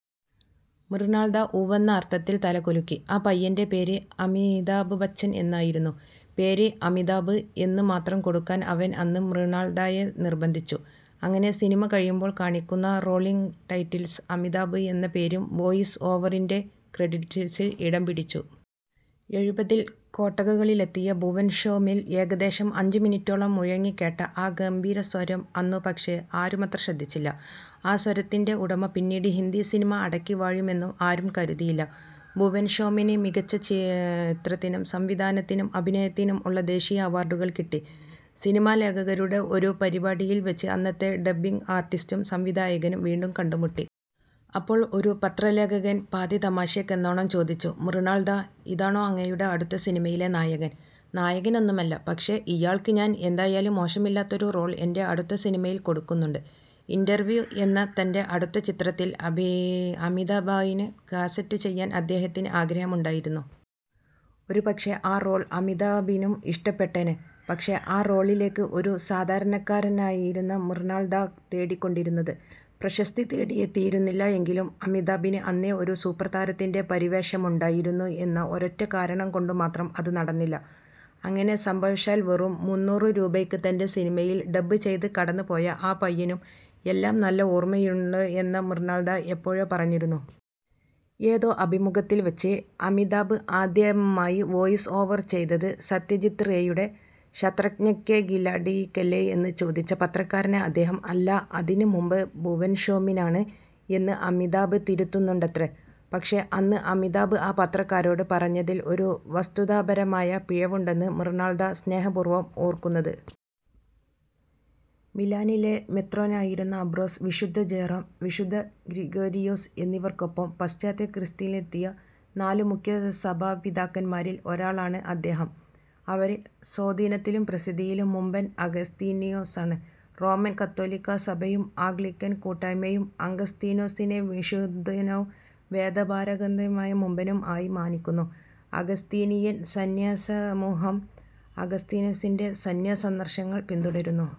" മൃണാൾ ദാ ഉവ്വെന്ന അർത്ഥത്തിൽ തലകുലുക്കി. ആ പയ്യന്റെ പേര് അമിതാഭ് ബച്ചൻ എന്നായിരുന്നു. പേര് ' അമിതാഭ് ' എന്ന് മാത്രം കൊടുക്കാൻ അവൻ അന്ന് മൃണാൾ ദായെ നിർബന്ധിച്ചു. അങ്ങനെ സിനിമ കഴിയുമ്പോൾ കാണിക്കുന്ന റോളിങ്ങ് ടൈറ്റിൽസിൽ ' അമിതാഭ് ' എന്ന പേരും വോയ്സ് ഓവറിന്റെ ക്രെഡിറ്റ്സിൽ ഇടം പിടിച്ചു. എഴുപതിൽ കൊട്ടകകളിലെത്തിയ ഭുവൻ ഷോമിൽ ഏകദേശം അഞ്ചുമിനിറ്റോളം മുഴങ്ങിക്കേട്ട ആ ഗംഭീര സ്വരം അന്നുപക്ഷേ ആരുമത്ര ശ്രദ്ധിച്ചില്ല. ആ സ്വരത്തിന്റെ ഉടമ പിന്നീട് ഹിന്ദി സിനിമ അടക്കിവാഴുമെന്നും ആരും കരുതിയില്ല. ഭുവൻ ഷോമിന് മികച്ച ചിത്രത്തിനും സംവിധാനത്തിനും അഭിനയത്തിനും ഉള്ള ദേശീയ അവാർഡുകൾ കിട്ടി. സിനിമാ ലേഖകരുടെ ഒരു പരിപാടിയിൽ വെച്ച് അന്നത്തെ ഡബ്ബിങ്ങ് ആർട്ടിസ്റ്റും സംവിധായകനും വീണ്ടും കണ്ടുമുട്ടി. അപ്പോൾ ഒരു പത്ര ലേഖകൻ പാതി തമാശയ്ക്കെന്നോണം ചോദിച്ചു, " മൃണാൾ ദാ, ഇതാണോ അങ്ങയുടെ അടുത്ത സിനിമയിലെ നായകൻ..? "" നായകനൊന്നുമല്ല.. പക്ഷേ, ഇയാൾക്ക് ഞാൻ എന്തായാലും മോശമില്ലാത്തൊരു റോൾ എന്റെ അടുത്ത സിനിമയിൽ കൊടുക്കുന്നുണ്ട്.. "' ഇൻറർവ്യൂ ' എന്ന തന്റെ അടുത്ത ചിത്രത്തിൽ അമി അമിതാഭായിനെ കാസ്റ്റുചെയ്യാൻ അദ്ദേഹത്തിന് ആഗ്രഹമുണ്ടായിരുന്നു. ഒരുപക്ഷേ ആ റോൾ അമിതാഭിനും ഇഷ്ടപ്പെട്ടേനെ.. പക്ഷേ, ആ റോളിലേക്ക് ഒരു സാധാരണക്കാരനെയായിരുന്നു മൃണാൾ ദാ തേടിക്കൊണ്ടിരുന്നത്. പ്രശസ്തി തേടിയെത്തിയിരുന്നില്ല എങ്കിലും, അമിതാഭിന് അന്നേ ഒരു സൂപ്പർ താരത്തിന്റെ പരിവേഷമുണ്ടായിരുന്നു എന്ന ഒരൊറ്റക്കാരണം കൊണ്ടുമാത്രം അത് നടന്നില്ല. അങ്ങനെ സംഭവശാൽ വെറും മുന്നൂറു രൂപയ്ക്ക് തന്റെ സിനിമയിൽ ഡബ്ബ് ചെയ്ത് കടന്നുപോയ ആ പയ്യനും എല്ലാം നല്ല ഓർമ്മയുണ്ട് എന്ന മൃണാൾദാ എപ്പോഴോ പറഞ്ഞിരുന്നു. ഏതോ അഭിമുഖത്തിൽ വെച്ച് അമിതാഭ് ആദ്യമായി വോയ്സ് ഓവർ ചെയ്തത് സത്യജിത് റേയുടെ " ശത്രഞ്ജ് കേ ഖിലാഡി " യ്ക്കല്ലേ എന്ന് ചോദിച്ച പത്രക്കാരനെ അദ്ദേഹം " അല്ല, അതിനും മുമ്പ് ഭുവൻ ഷോമിനാണ് " എന്ന് അമിതാഭ് തിരുത്തുന്നുണ്ടത്രേ. പക്ഷേ, അന്ന് അമിതാഭ് ആ പത്രക്കാരനോട് പറഞ്ഞതിൽ ഒരു വസ്തുതാപരമായ പിഴവുണ്ടെന്ന് മൃണാൾ ദാ സ്നേഹപൂർവ്വം ഓർക്കുന്നത്.. മിലാനിലെ മെത്രാനായിരുന്ന അബ്രോസ്, വിശുദ്ധ ജെറോം, വിശുദ്ധ ഗ്രിഗോരിയോസ് എന്നിവർക്കൊപ്പം പാശ്ചാത്യക്രിസ്തീയതയിലെ നാലു മുഖ്യസഭാപിതാക്കന്മാരിൽ ഒരാളാണ് അദ്ദേഹം. അവരിൽ സ്വാധീനത്തിലും പ്രസിദ്ധിയിലും മുമ്പൻ അഗസ്തീനോസാണ്. റോമൻ കത്തോലിക്കാ സഭയും ആംഗ്ലിക്കൻ കൂട്ടായ്മയും അഗസ്തീനോസിനെ വിശുദ്ധനും വേദപാരംഗതന്മാരിൽ മുമ്പനും ആയി മാനിക്കുന്നു. അഗസ്തീനിയൻ സന്യാസസമൂഹം ആഗസ്തീനോസിന്റെ സന്യാസാദർശങ്ങൾ പിന്തുടരുന്നു.